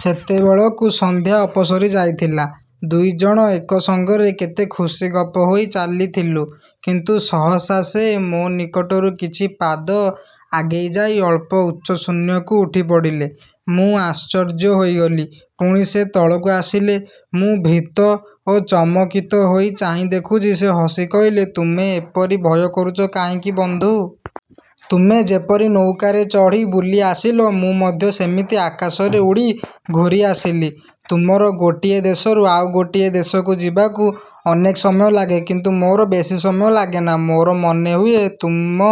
ସେତେବେଳକୁ ସନ୍ଧ୍ୟା ଅପସରିଯାଇଥିଲା। ଦୁଇ ଜଣ ଏକ ସଙ୍ଗରେ କେତେ ଖୁସି ଗପ ହୋଇ ଚାଲିଥିଲୁଁ। କିନ୍ତୁ ସହସା ସେ ମୋ ନିକଟରୁ କିଛି ପାଦ ଆଗେଇଯାଇ ଅଳ୍ପ ଉଚ୍ଚ ଶୂନ୍ୟକୁ ଉଠିପଡ଼ିଲେ। ମୁଁ ଆଶ୍ଚର୍ଯ୍ୟ ହୋଇଗଲି, ପୁଣି ସେ ତଳକୁ ଆସିଲେ। ମୁଁ ଭୀତ ଓ ଚମକିତ ହୋଇ ଚାହିଁ ଦେଖୁଛି, ସେ ହସି କହିଲେ, ''ତୁମେ ଏପରି ଭୟ କରୁଛ କାହିଁକି ବନ୍ଧୁ? ତୁମେ ଯେପରି ନୌକାରେ ଚଢ଼ି ବୁଲି ଆସିଲ, ମୁଁ ମଧ୍ୟ ସେମିତି ଆକାଶରେ ଉଡ଼ି ଘୂରି ଆସିଲି। ତୁମର ଗୋଟିଏ ଦେଶରୁ ଆଉ ଗୋଟିଏ ଦେଶକୁ ଯିବାକୁ ଅନେକ ସମୟ ଲାଗେ; କିନ୍ତୁ ମୋର ବେଶୀ ସମୟ ଲାଗେନା। ମୋର ମନେହୁଏ ତୁମ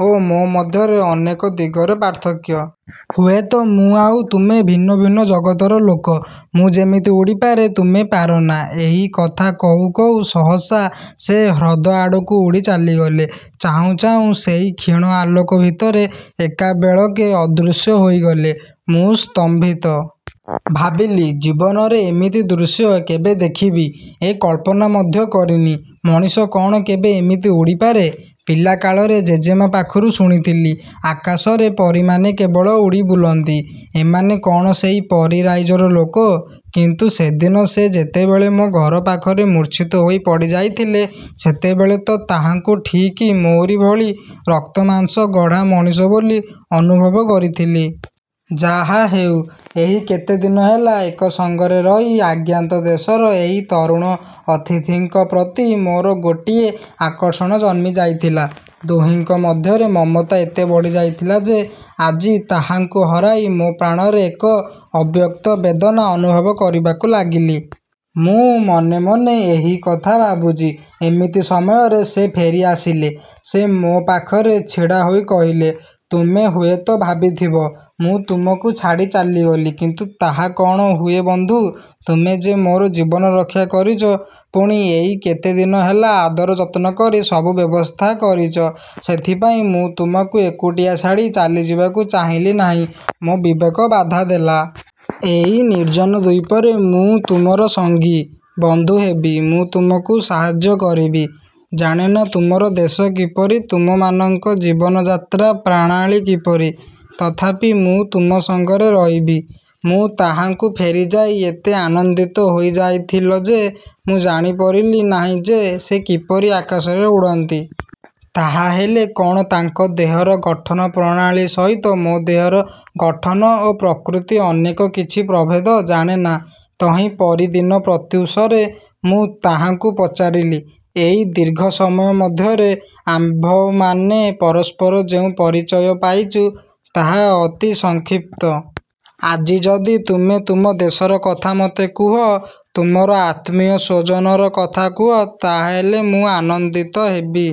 ଓ ମୋ ମଧ୍ୟରେ ଅନେକ ଦିଗରେ ପାର୍ଥକ୍ୟ। ହୁଏତ ମୁଁ ଆଉ ତୁମେ ଭିନ୍ନ ଭିନ୍ନ ଜଗତର ଲୋକ। ମୁଁ ଯେମିତି ଉଡ଼ିପାରେ, ତୁମେ ପାରନା,-ଏହି କଥା କହୁଁ କହୁଁ ସହସା ସେ ହ୍ରଦ ଆଡ଼କୁ ଉଡ଼ି ଚାଲିଗଲେ। ଚାହୁଁ ଚାହୁଁ ସେହି କ୍ଷୀଣ ଆଲୋକ ଭିତରେ ଏକାବେଳକେ ଅଦୃଶ୍ୟ ହୋଇଗଲେ। ମୁଁ ସ୍ତମ୍ଭିତ। ଭାବିଲି, ଜୀବନରେ ଏମିତି ଦୃଶ୍ୟ କେବେ ଦେଖିବି, ଏ କଳ୍ପନା ମଧ୍ୟ କରିନି। ମଣିଷ କ'ଣ କେବେ ଏମିତି ଉଡ଼ିପାରେ? ପିଲାକାଳରେ ଜେଜେମା' ପାଖରୁ ଶୁଣିଥିଲି, ଆକାଶରେ ପରୀମାନେ କେବଳ ଉଡ଼ିବୁଲନ୍ତି। ଏମାନେ କ'ଣ ସେହି ପରୀ ରାଇଜର ଲୋକ! କିନ୍ତୁ ସେଦିନ ସେ ଯେତେବେଳେ ମୋ ଘର ପାଖରେ ମୂର୍ଚ୍ଛିତ ହୋଇ ପଡ଼ିଯାଇଥିଲେ, ସେତେବେଳେ ତ ତାହାଙ୍କୁ ଠିକ୍ ମୋରି ଭଳି ରକ୍ତମାଂସ ଗଢ଼ା ମଣିଷ ବୋଲି ଅନୁଭବ କରିଥିଲି। ଯାହାହେଉ ଏହି କେତେଦିନ ହେଲା ଏକ ସଙ୍ଗରେ ରହି ଆଜ୍ଞାତ ଦେଶର ଏହି ତରୁଣ ଅତିଥିଙ୍କ ପ୍ରତି ମୋର ଗୋଟିଏ ଆକର୍ଷଣ ଜନ୍ମି ଯାଇଥିଲା। ଦୁହିଁଙ୍କ ମଧ୍ୟରେ ମମତା ଏତେ ବଢ଼ିଯାଇଥିଲା ଯେ ଆଜି ତାହାଙ୍କୁ ହରାଇ ମୋ ପ୍ରାଣରେ ଏକ ଅବ୍ୟକ୍ତ ବେଦନା ଅନୁଭବ କରିବାକୁ ଲାଗିଲି। ମୁଁ ମନେ ମନେ ଏହି କଥା ଭାବୁଛି, ଏମିତି ସମୟରେ ସେ ଫେରିଆସିଲେ। ସେ ମୋ ପାଖରେ ଛିଡ଼ା ହୋଇ କହିଲେ, ''ତୁମେ ହୁଏତ ଭାବିଥିବ, ମୁଁ ତୁମକୁ ଛାଡ଼ି ଚାଲିଗଲି। କିନ୍ତୁ ତାହା କ'ଣ ହୁଏ ବନ୍ଧୁ! ତୁମେ ଯେ ମୋର ଜୀବନ ରକ୍ଷା କରିଛ, ପୁଣି ଏଇ କେତେଦିନ ହେଲା ଆଦର ଯତ୍ନ କରି ସବୁ ବ୍ୟବସ୍ଥା କରିଛ, ସେଥିପାଇଁ ମୁଁ ତୁମକୁ ଏକୁଟିଆ ଛାଡ଼ି ଚାଲିଯିବାକୁ ଚାହିଁଲି ନାହିଁ, ମୋ ବିବେକ ବାଧା ଦେଲା। ଏଇ ନିର୍ଜନ ଦ୍ୱୀପରେ ମୁଁ ତୁମର ସଙ୍ଗୀ, ବନ୍ଧୁ ହେବି, ମୁଁ ତୁମକୁ ସାହାଯ୍ୟ କରିବି। ଜାଣେନା ତୁମର ଦେଶ କିପରି, ତୁମମାନଙ୍କ ଜୀବନ ଯାତ୍ରା ପ୍ରାଣାଳୀ କିପରି, ତଥାପି ମୁଁ ତୁମ ସଙ୍ଗରେ ରହିବି। '' ମୁଁ ତାହାଙ୍କୁ ଫେରିପାଇ ଏତେ ଆନନ୍ଦିତ ହୋଇଯାଇଥିଲ ଯେ, ମୁଁ ଜାଣିପରିଲି ନାହିଁ ଯେ ସେ କିପରି ଆକାଶରେ ଉଡ଼ନ୍ତି। ତାହାହେଲେ କ'ଣ ତାଙ୍କ ଦେହର ଗଠନ ପ୍ରଣାଳୀ ସହିତ ମୋ ଦେହର ଗଠନ ଓ ପ୍ରକୃତି ଅନେକ କିଛି ପ୍ରଭେଦ,-ଜାଣେନା। ତହିଁ ପରିଦିନ ପ୍ରତ୍ୟୁଷରେ ମୁଁ ତାହାଙ୍କୁ ପଚାରିଲି, ''ଏଇ ଦୀର୍ଘ ସମୟ ମଧ୍ୟରେ ଆମ୍ଭମାନେ ପରସ୍ପର ଯେଉଁ ପରିଚୟ ପାଇଛୁ, ତାହା ଅତି ସଂକ୍ଷିପ୍ତ। ଆଜି ଯଦି ତୁମେ ତୁମ ଦେଶର କଥା ମୋତେ କୁହ, ତୁମର ଆତ୍ମୀୟସ୍ୱଜନର କଥା କୁହ, ତାହାହେଲେ ମୁଁ ଆନନ୍ଦିତ ହେବି-।